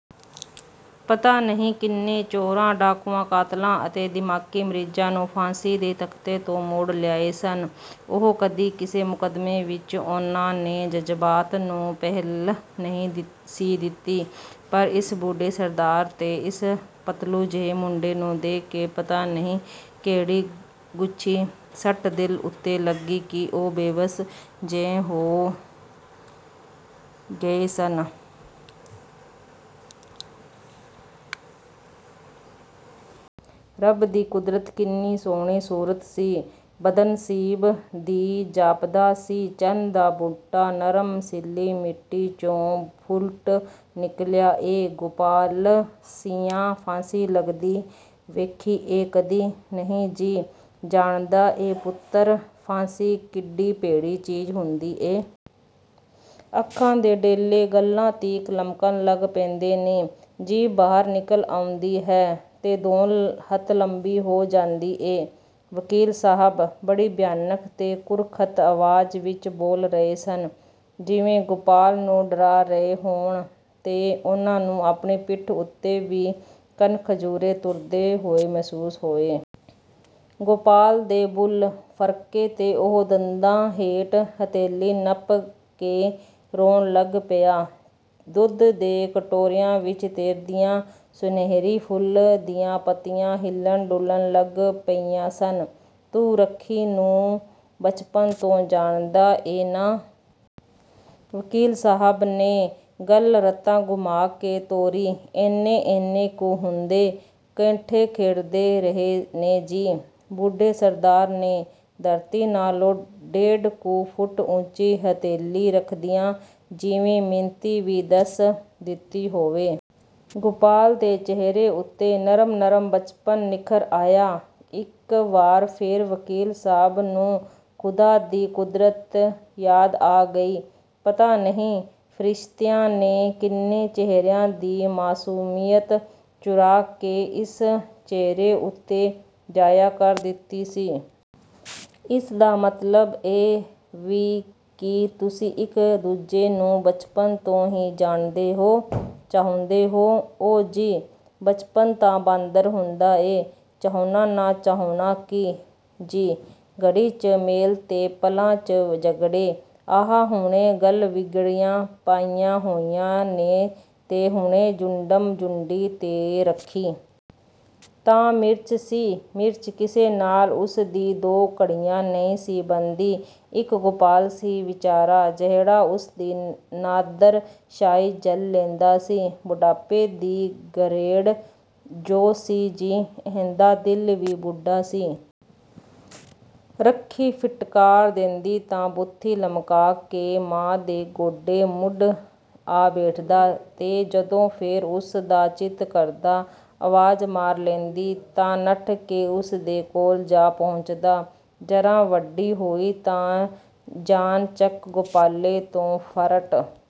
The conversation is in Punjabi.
ਪਤਾ ਨਹੀਂ ਕਿੰਨੇ ਚੋਰਾਂ, ਡਾਕੂਆਂ, ਕਾਤਲਾਂ ਅਤੇ ਦਿਮਾਗ਼ੀ ਮਰੀਜ਼ਾਂ ਨੂੰ ਫਾਂਸੀ ਦੇ ਤਖ਼ਤੇ ਤੋਂ ਮੋੜ ਲਿਆਏ ਸਨ ਉਹ, ਕਦੀ ਕਿਸੇ ਮੁਕੱਦਮੇਂ ਵਿੱਚ ਉਹਨਾਂ ਨੇ ਜਜ਼ਬਾਤ ਨੂੰ ਪਹਿਲ ਨਹੀਂ ਸੀ ਦਿੱਤੀ। ਪਰ ਇਸ ਬੁੱਢੇ ਸਰਦਾਰ ਤੇ ਇਸ ਪਤਲੂ ਜਿਹੇ ਮੁੰਡੇ ਨੂੰ ਦੇਖ ਕੇ ਪਤਾ ਨਹੀਂ ਕਿਹੜੀ ਗੁੱਝੀ ਸੱਟ ਦਿਲ ਉੱਤੇ ਲੱਗੀ, ਕਿ ਉਹ ਬੇਵੱਸ ਜਿਹੇ ਹੋ ਗਏ ਸਨ। ਰੱਬ ਦੀ ਕੁਦਰਤ ਕਿੰਨੀ ਸੋਹਣੀ ਸੂਰਤ ਸੀ ਬਦਨਸੀਬ ਦੀ! ਜਾਪਦਾ ਸੀ ਚੰਨ ਦਾ ਬੂਟਾ, ਨਰਮ ਸਿੱਲ੍ਹੀ ਮਿੱਟੀ 'ਚੋਂ ਫੁੱਟ ਨਿਕਲਿਆ ਏ। "ਗੋਪਾਲ ਸਿਆਂ, ਫਾਂਸੀ ਲੱਗਦੀ ਵੇਖੀ ਏ ਕਦੀ?""ਨਹੀਂ ਜੀ।" "ਜਾਣਦਾ ਏਂ ਪੁੱਤਰ, ਫਾਂਸੀ ਕਿੱਡੀ ਭੈੜੀ ਚੀਜ਼ ਹੁੰਦੀ ਏ?" "ਅੱਖਾਂ ਦੇ ਡੇਲੇ ਗੱਲ੍ਹਾਂ ਤੀਕ ਲਮਕਣ ਲੱਗ ਪੈਂਦੇ ਨੇ, ਜੀਭ ਬਾਹਰ ਨਿਕਲ ਆਉਂਦੀ ਹੈ ਤੇ ਧੌਣ ਹੱਥ ਲੰਮੀ ਹੋ ਜਾਂਦੀ ਏ।" ਵਕੀਲ ਸਾਹਬ ਬੜੀ ਭਿਆਨਕ ਤੇ ਕੁਰਖ਼ਤ ਆਵਾਜ਼ ਵਿਚ ਬੋਲ ਰਹੇ ਸਨ ਜਿਵੇਂ, ਗੋਪਾਲ ਨੂੰ ਡਰਾ ਰਹੇ ਹੋਣ ਤੇ ਉਹਨਾਂ ਨੂੰ ਆਪਣੀ ਪਿੱਠ ਉੱਤੇ ਵੀ ਕੰਨ-ਖਜੂਰੇ ਤੁਰਦੇ ਹੋਏ ਮਹਿਸੂਸ ਹੋਏ। ਗੋਪਾਲ ਦੇ ਬੁੱਲ੍ਹ ਫਰਕੇ ਤੇ ਉਹ ਦੰਦਾਂ ਹੇਠ ਹਥੇਲੀ ਨੱਪ ਕੇ ਰੋਣ ਲੱਗ ਪਿਆ। ਦੁੱਧ ਦੇ ਕਟੋਰਿਆਂ ਵਿਚ ਤੈਰਦੀਆਂ, ਸੁਨਹਿਰੀ ਫੁੱਲ ਦੀਆਂ ਪੱਤੀਆਂ ਹਿੱਲਣ-ਡੋਲਣ ਲੱਗ ਪਈਆਂ ਸਨ। "ਤੂੰ ਰੱਖੀ ਨੂੰ ਬਚਪਨ ਤੋਂ ਜਾਣਦਾ ਏਂ ਨਾ?" ਵਕੀਲ ਸਾਹਬ ਨੇ ਗੱਲ ਰਤਾ ਘੁਮਾਅ ਕੇ ਤੋਰੀ। "ਏਨੇ-ਏਨੇ ਕੁ ਹੁੰਦੇ 'ਕੱਠੇ ਖੇਡਦੇ ਰਹੇ ਨੇ ਜੀ" ਬੁੱਢੇ ਸਰਦਾਰ ਨੇ, ਧਰਤੀ ਨਾਲੋਂ ਡੇਢ ਕੁ ਫੁੱਟ ਉੱਚੀ ਹਥੇਲੀ ਰੱਖਦਿਆਂ ਜਿਵੇਂ, ਮਿਣਤੀ ਵੀ ਦੱਸ ਦਿੱਤੀ ਹੋਏ। ਗੋਪਾਲ ਦੇ ਚਿਹਰੇ ਉੱਤੇ ਨਰਮ-ਨਰਮ ਬਚਪਨ ਨਿੱਖਰ ਆਇਆ। ਇਕ ਵਾਰ ਫੇਰ ਵਕੀਲ ਸਾਹਬ ਨੂੰ ਖ਼ੁਦਾ ਦੀ ਕੁਦਰਤ ਯਾਦ ਆ ਗਈ। ਪਤਾ ਨਹੀਂ ਫਰਿਸ਼ਤਿਆਂ ਨੇ ਕਿੰਨੇ ਚਿਹਰਿਆਂ ਦੀ ਮਾਸੂਮੀਅਤ ਚੁਰਾਅ ਕੇ ਇਸ ਚਿਹਰੇ ਉੱਤੇ ਜਾਇਆ ਕਰ ਦਿੱਤੀ ਸੀ! "ਇਸ ਦਾ ਮਤਲਬ ਇਹ ਵੇ ਕਿ ਤੁਸੀਂ ਇਕ ਦੂਜੇ ਨੂੰ ਬਚਪਨ ਤੋਂ ਹੀ ਜਾਣਦੇ ਹੋ?--ਚਾਹੁੰਦੇ ਹੋ?" "ਓ ਜੀ, ਬਚਪਨ ਤਾਂ ਬਾਂਦਰ ਹੁੰਦਾ ਏ, ਚਾਹੁਣਾ ਨਾ ਚਾਹੁਣਾ ਕੀ ਜੀ। ਘੜੀ 'ਚ ਮੇਲ ਤੇ ਪਲਾਂ 'ਚ ਝਗੜੇ, ਆਹ ਹੁਣੇ ਗਲਵੱਕੜੀਆਂ ਪਾਈਆਂ ਹੋਈਆਂ ਨੇ ਤੇ ਹੁਣੇ ਜੁੰਡਮ-ਜੁੰਡੀ ।ਤੇ, ਰੱਖੀ ਤਾਂ ਮਿਰਚ ਸੀ, ਮਿਰਚ! ਕਿਸੇ ਨਾਲ ਉਸਦੀ ਦੋ ਘੜੀਆਂ ਨਹੀਂ ਸੀ ਬਣਦੀ। ਇੱਕ ਗੋਪਾਲ ਸੀ ਵਿਚਾਰਾ ਜਿਹੜਾ ਉਸਦੀ ਨਾਦਰ ਸ਼ਾਹੀ ਝੱਲ ਲੈਂਦਾ ਸੀ--ਬੁੱਢਾਪੇ ਦੀ ਘਰੋੜ ਜੋ ਸੀ ਜੀ। ਇਹਦਾ ਦਿਲ ਵੀ ਬੁੱਢਾ ਸੀ। ਰੱਖੀ ਫਿਟਕਾਰ ਦੇਂਦੀ ਤਾਂ ਬੂਥੀ ਲਮਕਾਅ ਕੇ ਮਾਂ ਦੇ ਗੋਡੇ ਮੁੱਢ ਆ ਬੈਠਦਾ ਤੇ ਜਦੋਂ ਫੇਰ ਉਸਦਾ ਚਿੱਤ ਕਰਦਾ, ਆਵਾਜ ਮਾਰ ਲੈਂਦੀ ,ਤਾਂ ਨੱਠ ਕੇ ਉਸਦੇ ਕੋਲ ਜਾ ਪਹੁੰਚਦਾ। ਜ਼ਰਾ ਵੱਡੀ ਹੋਈ ਤਾਂ ਚਾਣਚੱਕ ਗੋਪਾਲੇ ਤੋਂ ਫਰੰਟ